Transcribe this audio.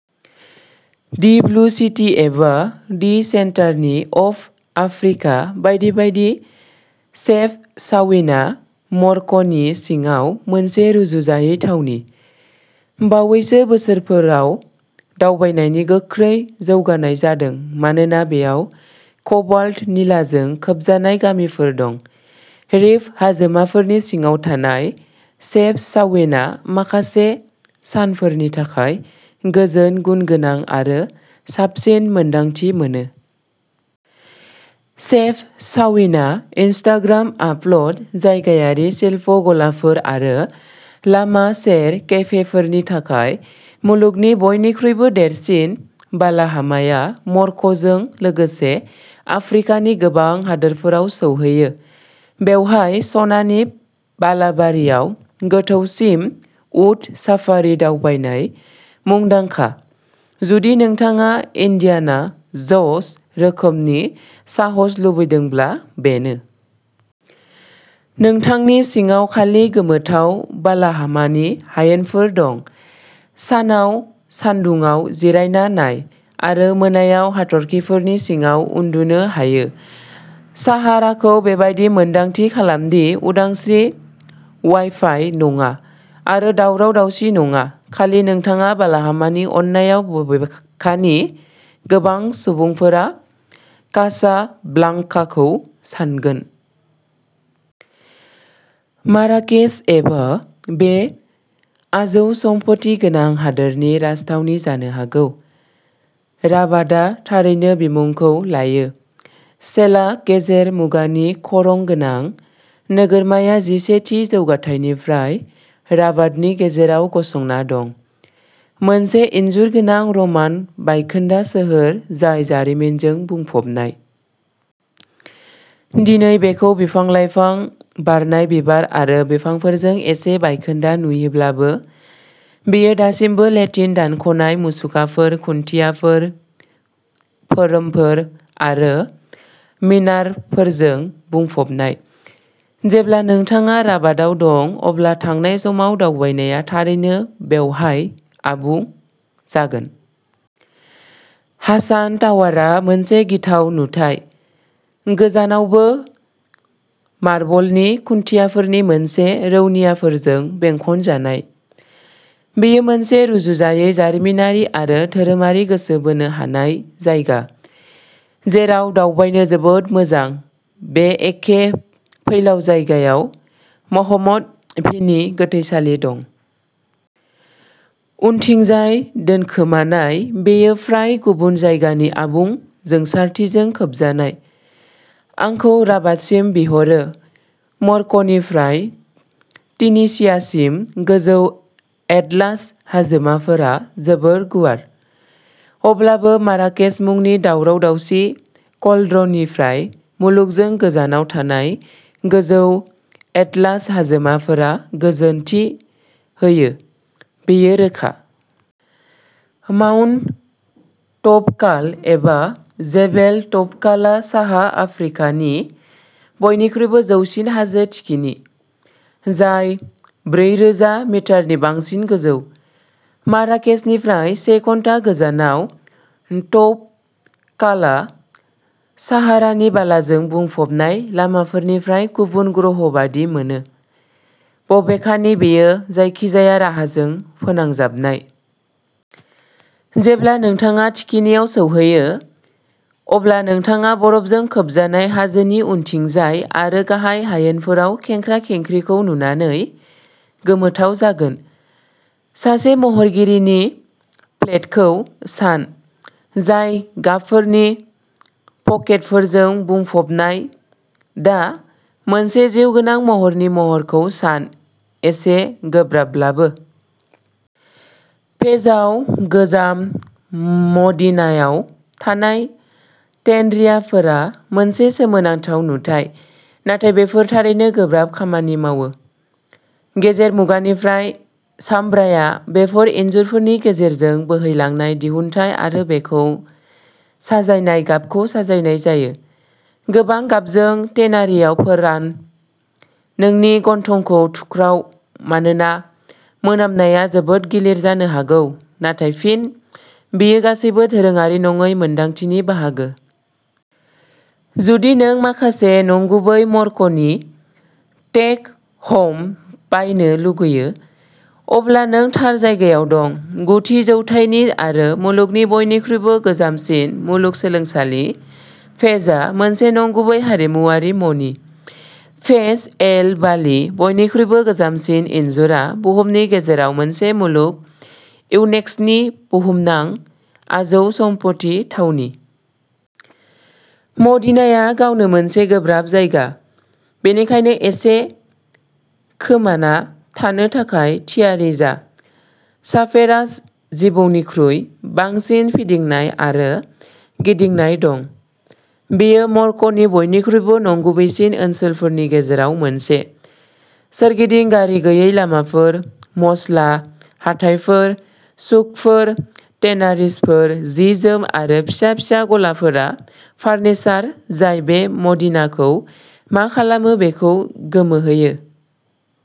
दि blue city एबा the सेन्टरिनि of Africa बायदि बायदि, शेफचाउएनआ मरक्क'नि सिङाव मोनसे रुजुजायै थावनि। बावैसो बोसोरफोराव दावबायनायनि गोख्रै जौगानाय जादों मानोना बेयाव कबाल्ट निलाजों खोबजानाय गामिफोर दं। रिफ हाजोमाफोरनि सिङाव थानाय, शेफचाउएनआ माखासे सानफोरनि थाखाय गोजोन, गुनगोनां आरो साबसिन मोनदांथि मोनो। शेफचाउएनआ इनस्टाग्राम आपल'ड, जायगायारि शिल्प गलाफोर आरो लामा सेर केफेफोरनि थाखाय। मुलुगनि बयनिख्रुइबो देरसिन बालाहामाया मरक्क'जों लोगोसे आफ्रिकानि गोबां हादोरफोराव सौहैयो। बेवहाय, सनानि बालाबारियाव गोथौसिम उट साफारि दावबायनाय मुंदांखा। जुदि नोंथाङा इन्डियाना जन्स रोखोमनि साहस लुबैदोंब्ला, बेनो। नोंथांनि सिगाङाव खालि गोमोथाव बालाहामानि हायेनफोर दं, सानाव सान्दुङाव जिरायना नाय आरो मोनायाव हाथरखिफोरनि सिङाव उन्दुनो हायो। साहाराखौ बेबादि मोन्दांथि खालामदि उदांस्रि-वाइफाइ नङा आरो दावराव दावसि नङा, खालि नोंथाङा बालाहामानि अननायाव। बबेखानि गोबां सुबुंफोरा कासाब्लांकाखौ सानगोन। माराकेच एबा बे आजौसमफथि गोनां हादोरनि राजथावनि जानो हागौ, राबातआ थारैनो बिमुंखौ लायो। चेल्लाह, गेजेर मुगानि खरं गोनां नोगोरमाया जिसे थि जौथायनिफ्राय राबातनि गेजेराव गसंना दं, मोनसे इन्जुर गोनां र'मान बायखोन्दा सोहोर जाय जारिमिनजों बुंफबनाय। दिनै बेखौ बिफां लाइफां, बारनाय बिबार आरो बिफांफोरजों एसे बायखोन्दा नुयोब्लाबो, बेयो दासिमबो लेटिन दानख'नाय मुसुखाफोर, खुन्थियाफोर, फोरमफोर आरो मिनारफोरजों बुंफबनाय। जेब्ला नोंथाङा राबाताव दं, अब्ला थांनाय समाव दावबायनाया थारैनो बेवहाय आबुं जागोन। हासान टावारआ मोनसे गिथाव नुथाय, गोजानआवबो मार्बलनि खुन्थियाफोरनि मोनसे रौनियाफोरजों बेंखनजानाय। बेयो मोनसे रुजुजायै जारिमिनारि आरो धोरोमारि गोसो बोनो हानाय जायगा, जेराव दावबायनो जोबोद मोजां। बे एखे फैलाव जायगायाव महम्मद भिनि गोथैसालि दं। उनथिंजाय दोनखोमानाय, बेयो फ्राय गुबुन जायगानि आबुं जोंसारथिजों खोबजानाय। आंखौ राबातसिम बिरहो मरक्क'निफ्राय तुनिसियासिम, गोजौ एटलास हाजोमाफोरा जोबोद गुवार। अब्लाबो, माराकेस मुंनि दावराव-दावसि क'लड्रननिफ्राय मुलुगजों गोजानाव थानाय, गोजौ एटलास हाजोमाफोरा गोजोनथि होयो, बेयो रोखा। माउन्ट तौबकाल एबा जेबेल तौबकालआ साहा आफ्रिकानि बयनिख्रुइबो जौसिन हाजो थिखिनि, जाय ब्रैरोजा मिटारनि बांसिन गोजौ। माराकेसनिफ्राय से घन्टा गोजानाव, तौबकालआ साहारानि बालाजों बुंफबनाय लामाफोरनिफ्राय गुबुन ग्रह बायदि मोनो, बबेखानि बेयो जायखिजाया राहाजों फोनांजाबनाय। जेब्ला नोंथाङा थिखिनियाव सौहैयो, अब्ला नोंथाङा बरफजों खोबजानाय हाजोनि उनथिंजाय आरो गाहाय हायेनफोराव खेंख्रा खेंख्रिखौ नुनानै गोमोथाव जागोन। सासे महरगिरिनि पेलेटखौ सान, जाय गाबफोरनि पकेटफोरजों बुंफबनाय। दा मोनसे जिउगोनां महरनि महरखौ सान, एसे गोब्राबब्लाबो। फेजआव गोजाम मदीनायाव थानाय टेनरियाफोरा मोनसे सोमोनांथाव नुथाय, नाथाय बेफोर थारैनो गोब्राब खामानि मावो। गेजेर मुगानिफ्राय सामब्राया बेफोर इनजुरफोरनि गेजेरजों बोहैलांनाय दिहुनथाय आरो बेखौ साजायनाय गाबखौ साजायनाय जायो। गोबां गाबजों टेनारियाव फोरान। नोंनि गन्थंखौ थुख्राव, मानोना मोनामनाया जोबोद गिलिर जानो हागौ, नाथाय फिन, बेयो गासैबो दोरोङारि नङै मोन्दांथिनि बाहागो। जुदि नों माखासे नंगुबै मरक्क'नि टेक-ह'म बायनो लुगैयो, अब्ला नों थार जायगायाव दं। गु थि जौथाइनि आरो मुलुगनि बयनिख्रुइबो गोजामसिन मुलुगसोलोंसालि, फेजआ मोनसे नंगुबै हारिमुआरि मणि। फेज एल बालि, बयनिख्रुइबो गोजामसिन इनजुरआ बुहुमनि गेजेराव मोनसे मुलुग, इउनेस्क'नि बुहुमनां आजौसमफथि थावनि। मदीनाया गावनो मोनसे गोब्राब जायगा, बेनिखायनो एसे खोमाना थानो थाखाय थियारि जा, सापेरास जिबौनिख्रुइ बांसिन फिदिंनाय आरो गिदिंनाय दं। बेयो मरक्क'नि बयनिख्रुइबो नंगुबैसिन ओनसोलफोरनि गेजेराव मोनसे। सोरगिदिं गारि-गैयै लामाफोर, मस्ला हाथायफोर, सुकफोर, टेनारिसफोर, जि जोम आरो फिसा फिसा गलाफोरा फार्निचार जाय बे मदिनाखौ मा खालामो बेखौ गोमोहोयो।